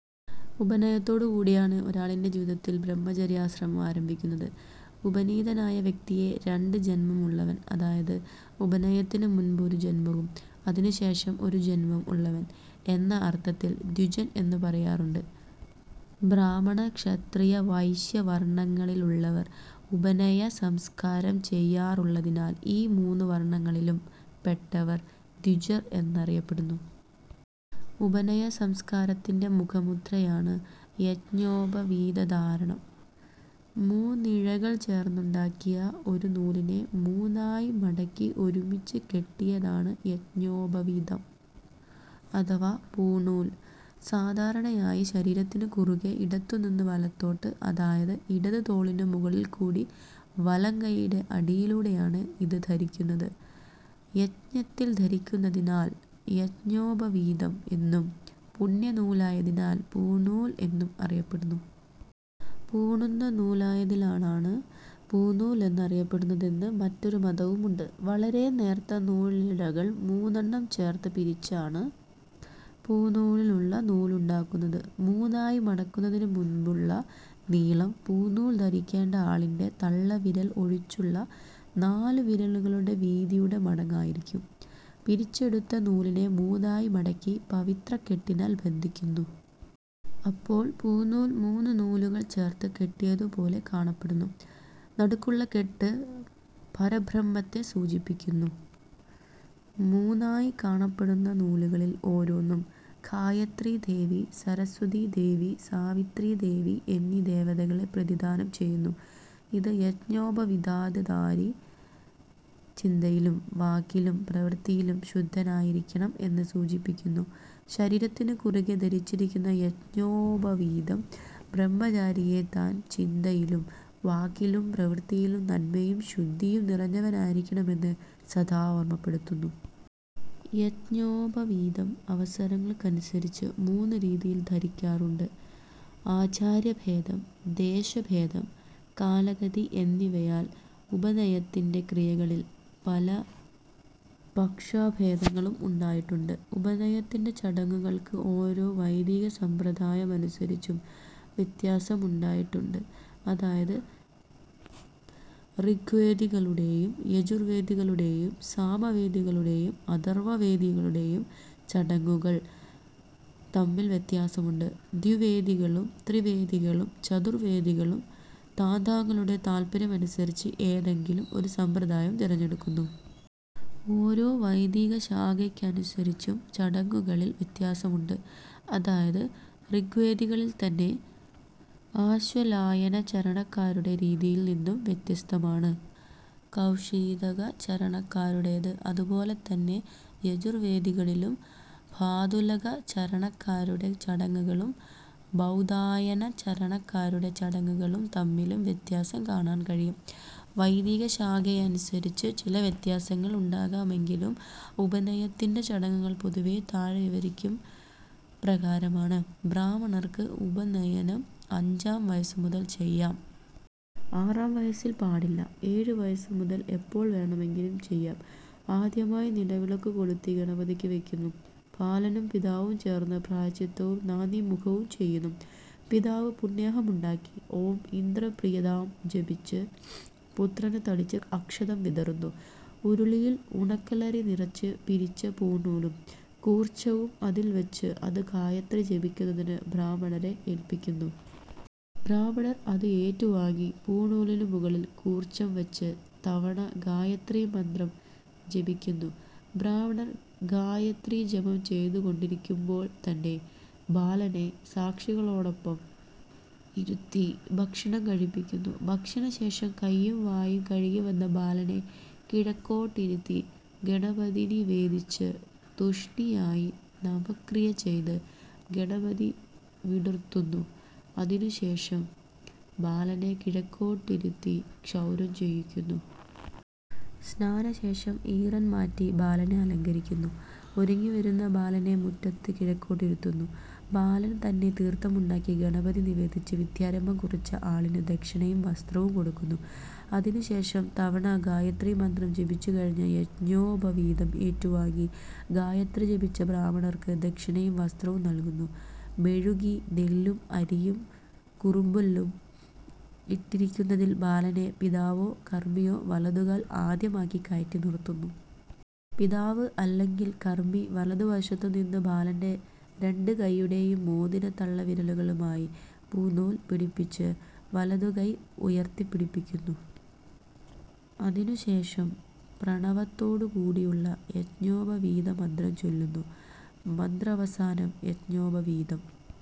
ഉപനയനത്തോടുകൂടിയാണ് ഒരാളിന്റെ ജീവിതത്തിൽ ബ്രഹ്മചര്യാശ്രമം ആരംഭിക്കുന്നത്. ഉപനീതനായ വ്യക്തിയെ 'രണ്ട് ജന്മം ഉള്ളവൻ', അതായത് ഉപനയനത്തിന് മുൻപ് ഒരു ജന്മവും അതിനുശേഷം ഒരു ജന്മവും ഉള്ളവൻ, എന്ന അർത്ഥത്തിൽ ദ്വിജൻ എന്ന് പറയാറുണ്ട്. ബ്രാഹ്മണക്ഷത്രിയവൈശ്യവർണങ്ങളിലുള്ളവർ ഉപനയനസംസ്കാരം ചെയ്യാറുള്ളതിനാൽ ഈ മൂന്നു വർണങ്ങളിലും പെട്ടവർ ദ്വിജർ എന്ന് അറിയപ്പെടുന്നു. ഉപനയനസംസ്കാരത്തിന്റെ മുഖമുദ്രയണ് യജ്ഞോപവീതധാരണം. മൂന്നിഴകൾചേർത്തുണ്ടാക്കിയ ഒരു നൂലിനെ മൂന്നായി മടക്കി ഒരുമിച്ച് കെട്ടിയതാണ് യജ്ഞോപവീതം അഥവാ പൂണൂൽ. സാധാരണയായി ശരീരത്തിനു കുറുകെ ഇടത്തുനിന്ന് വലത്തോട്ട്, അതായത് ഇടത് തോളിനു മുകളിൽക്കൂടി വലംകയ്യുടെ അടിയിലൂടെയാണ് ഇത് ധരിക്കുന്നത്. യജ്ഞത്തിൽ ധരിക്കുന്നതായതിനാൽ യജ്ഞോപവീതം എന്നും പുണ്യനൂലായതിനാൽ പൂണൂൽ എന്നും അറിയപ്പെടുന്നു. പൂണുന്ന നൂലായതിനാലാണ് പൂണൂൽ എന്ന് അറിയപ്പെടുന്നതെന്ന് മറ്റൊരു മതവുമുണ്ട്. വളരെ നേർത്ത നൂലിഴകൾ മൂന്നെണ്ണം ചേർത്ത് പിരിച്ചാണ് പൂണൂലിനുള്ള നൂലുണ്ടാക്കുന്നത്. മൂന്നായി മടക്കുന്നതിനു മുൻപുള്ള നീളം പൂണൂൽ ധരിക്കേണ്ട ആളിന്റെ തള്ളവിരൽ ഒഴിച്ചുള്ള നാലുവിരലുകളുടെ വീതിയുടെ മടങ്ങ് ആയിരിക്കും. പിരിച്ചെടുത്ത നൂലിനെ മൂന്നായി മടക്കി പവിത്രക്കെട്ടിനാൽ ബന്ധിക്കുന്നു. അപ്പോൾ പൂണൂൽ മൂന്ന് നൂലുകൾ ചേർത്ത് കെട്ടിയതുപോലെകാണപ്പെടുന്നു. നടുക്കുള്ള കെട്ട് പരബ്രഹ്മത്തെ സൂചിപ്പിക്കുന്നു. മൂന്നായി കാണപ്പെടുന്ന നൂലുകളിൽ ഓരോന്നും ഗായത്രീദേവി, സരസ്വതീദേവി സാവിത്രീദേവി, എന്നീ ദേവതകളെ പ്രതിനിധാനം ചെയ്യുന്നു. ഇത്, യജ്ഞോപവീതധാരി ചിന്തയിലും വാക്കിലും പ്രവൃത്തിയിലും ശുദ്ധനായിരിക്കണം എന്ന് സൂചിപ്പിക്കുന്നു. ശരീരത്തിനുകുറുകെ ധരിച്ചിരിക്കുന്ന യജ്ഞോപവീതം ബ്രഹ്മചാരിയെ താൻ ചിന്തയിലും വാക്കിലും പ്രവൃത്തിയിലും നന്മയും ശുദ്ധിയും നിറഞ്ഞവനായിരിക്കണമെന്ന് സദാ ഓർമപ്പെടുത്തുന്നു. യജ്ഞോപവീതം അവസരങ്ങൾക്കനുസരിച്ച് മൂന്ന് രീതിയിൽ ധരിക്കാറുണ്ട്. ആചാര്യഭേദം, ദേശഭേദം, കാലഗതി എന്നിവയാൽ ഉപനയനത്തിന്റെ ക്രിയകളിൽ പല പക്ഷഭേദങ്ങളും ഉണ്ടായിട്ടുണ്ട്. ഉപനയനത്തിന്റെ ചടങ്ങുകൾക്ക് ഓരോ വൈദികസമ്പ്രദായമനുസരിച്ചും വ്യത്യാസമുണ്ടായിട്ടുണ്ടു്. അതായത് ഋഗ്വേദികളുടെയും യജുർവേദികളുടെയും സാമവേദികളുടെയും അഥർവവേദികളുടെയും ചടങ്ങുകൾ തമ്മിൽ വ്യത്യാസമുണ്ട്. ദ്വിവേദികളും ത്രിവേദികളും ചതുർവേദികളും താന്താങ്ങളുടെ താൽപര്യമനുസരിച്ച് ഏതെങ്കിലും ഒരു സമ്പ്രദായം തിരഞ്ഞെടുക്കുന്നു. ഓരോ വൈദികശാഖയ്ക്കനുസരിച്ചും ചടങ്ങുകളിൽ വ്യത്യാസമുണ്ട്. അതായത്, ഋഗ്വേദികളിൽത്തന്നെ ആശ്വലായനചരണക്കാരുടെ രീതിയിൽ നിന്നും വ്യത്യസ്തമാണ് കൗഷീതകചരണക്കാരുടേത്. അതുപോലെതന്നെ യജുർവേദികളിലും ബാധൂലകചരണക്കാരുടെ ചടങ്ങുകളും ബൗധായനചരണക്കാരുടെ ചടങ്ങുകളും തമ്മിലും വ്യത്യാസം കാണാൻ കഴിയും. വൈദികശാഖയനുസരിച്ച് ചിലവ്യത്യാസങ്ങൾ ഉണ്ടാകാമെങ്കിലും ഉപനയനത്തിന്റെ ചടങ്ങുകൾ പൊതുവെ താഴെ വിവരിക്കും പ്രകാരമാണ്. ബ്രാഹ്മണർക്ക് ഉപനയനം അഞ്ചാം വയസ്സുമുതൽ ചെയ്യാം. ആറാം വയസ്സിൽ പാടില്ല. ഏഴുവയസ്സുമുതൽ എപ്പോൾ വേണമെങ്കിലും ചെയ്യാം. ആദ്യമായി നിലവിളക്കുകൊളുത്തി ഗണപതിക്ക് വയ്ക്കുന്നു. ബാലനും പിതാവും ചേർന്ന് പ്രായശ്ചിത്തവും നാന്ദീമുഖവും ചെയ്യുന്നു. പിതാവ് പുണ്യാഹമുണ്ടാക്കി "ഓം ഇന്ദ്രപ്രീയതാം" ജപിച്ച് പുത്രന് തളിച്ച് അക്ഷതം വിതറുന്നു. ഉരുളിയിൽ ഉണക്കലരി നിറച്ച് പിരിച്ച പൂണൂലും കൂർച്ചവും അതിൽ വച്ച് അത് ഗായത്രി ജപിക്കുന്നതിന് ബ്രാഹ്മണരെ ഏല്പിക്കുന്നു. ബ്രാഹ്മണർ അത് ഏറ്റുവാങ്ങി പൂണൂലിനുമുകളിൽ കൂർച്ചം വച്ച് തവണ ഗായത്രീമന്ത്രം ജപിക്കുന്നു.. ബ്രാഹ്മണർ ഗായത്രീജപം ചെയ്തുകൊണ്ടിരിക്കുമ്പോൾത്തന്നെ ബാലനെ സാക്ഷികളോടൊപ്പം ഇരുത്തി ഭക്ഷണം കഴിപ്പിക്കുന്നു. ഭക്ഷണശേഷം കൈയും വായും കഴുകിവന്ന ബാലനെ കിഴക്കോട്ടിരുത്തി ഗണപതിനിവേദിച്ച് തുഷ്ണിയായി നവക്രിയചെയ്ത് ഗണപതി വിടുർത്തുന്നു. അതിനു് ശേഷം ബാലനെ കിഴക്കോട്ടിരുത്തി ക്ഷൗരം ചെയ്യിക്കുന്നു. സ്നാനശേഷം ഈറൻ മാറ്റി ബാലനെ അലങ്കരിക്കുന്നു. ഒരുങ്ങിവരുന്ന ബാലനെ മുറ്റത്ത് കിഴക്കോട്ടിരുത്തുന്നു. ബാലൻ തന്നെ തീർഥമുണ്ടാക്കി ഗണപതി നിവേദിച്ച് വിദ്യാരംഭം കുറിച്ച ആളിന് ദക്ഷിണയും വസ്ത്രവും കൊടുക്കുന്നു. അതിനുശേഷം തവണ ഗായത്രീമന്ത്രം ജപിച്ചുകഴിഞ്ഞ യജ്ഞോപവീതം ഏറ്റുവാങ്ങി ഗായത്രി ജപിച്ച ബ്രാഹ്മണർക്ക് ദക്ഷിണയും വസ്ത്രവും നൽകുന്നു. മെഴുകി നെല്ലും അരിയും കുറുമ്പുല്ലും ഇട്ടിരിക്കുന്നതിൽ ബാലനെ പിതാവോ കർമിയോ വലതുകാൽ ആദ്യമാക്കി കയറ്റി നിർത്തുന്നു. പിതാവ് അല്ലെങ്കിൽ കർമി വലതുവശത്തുനിന്ന് ബാലന്റെ രണ്ടുകയ്യുടെയും മോതിര-തള്ളവിരലുകളുമായി പൂണുനൂൽ പിടിപ്പിച്ച് വലതുകൈ ഉയർത്തിപ്പിടിപ്പിക്കുന്നു. അതിന് ശേഷം പ്രണവത്തോടുകൂടിയുള്ള യജ്ഞോപവീതമന്ത്രം ചൊല്ലുന്നു. മന്ത്രാവസാനം യജ്ഞോപവീതം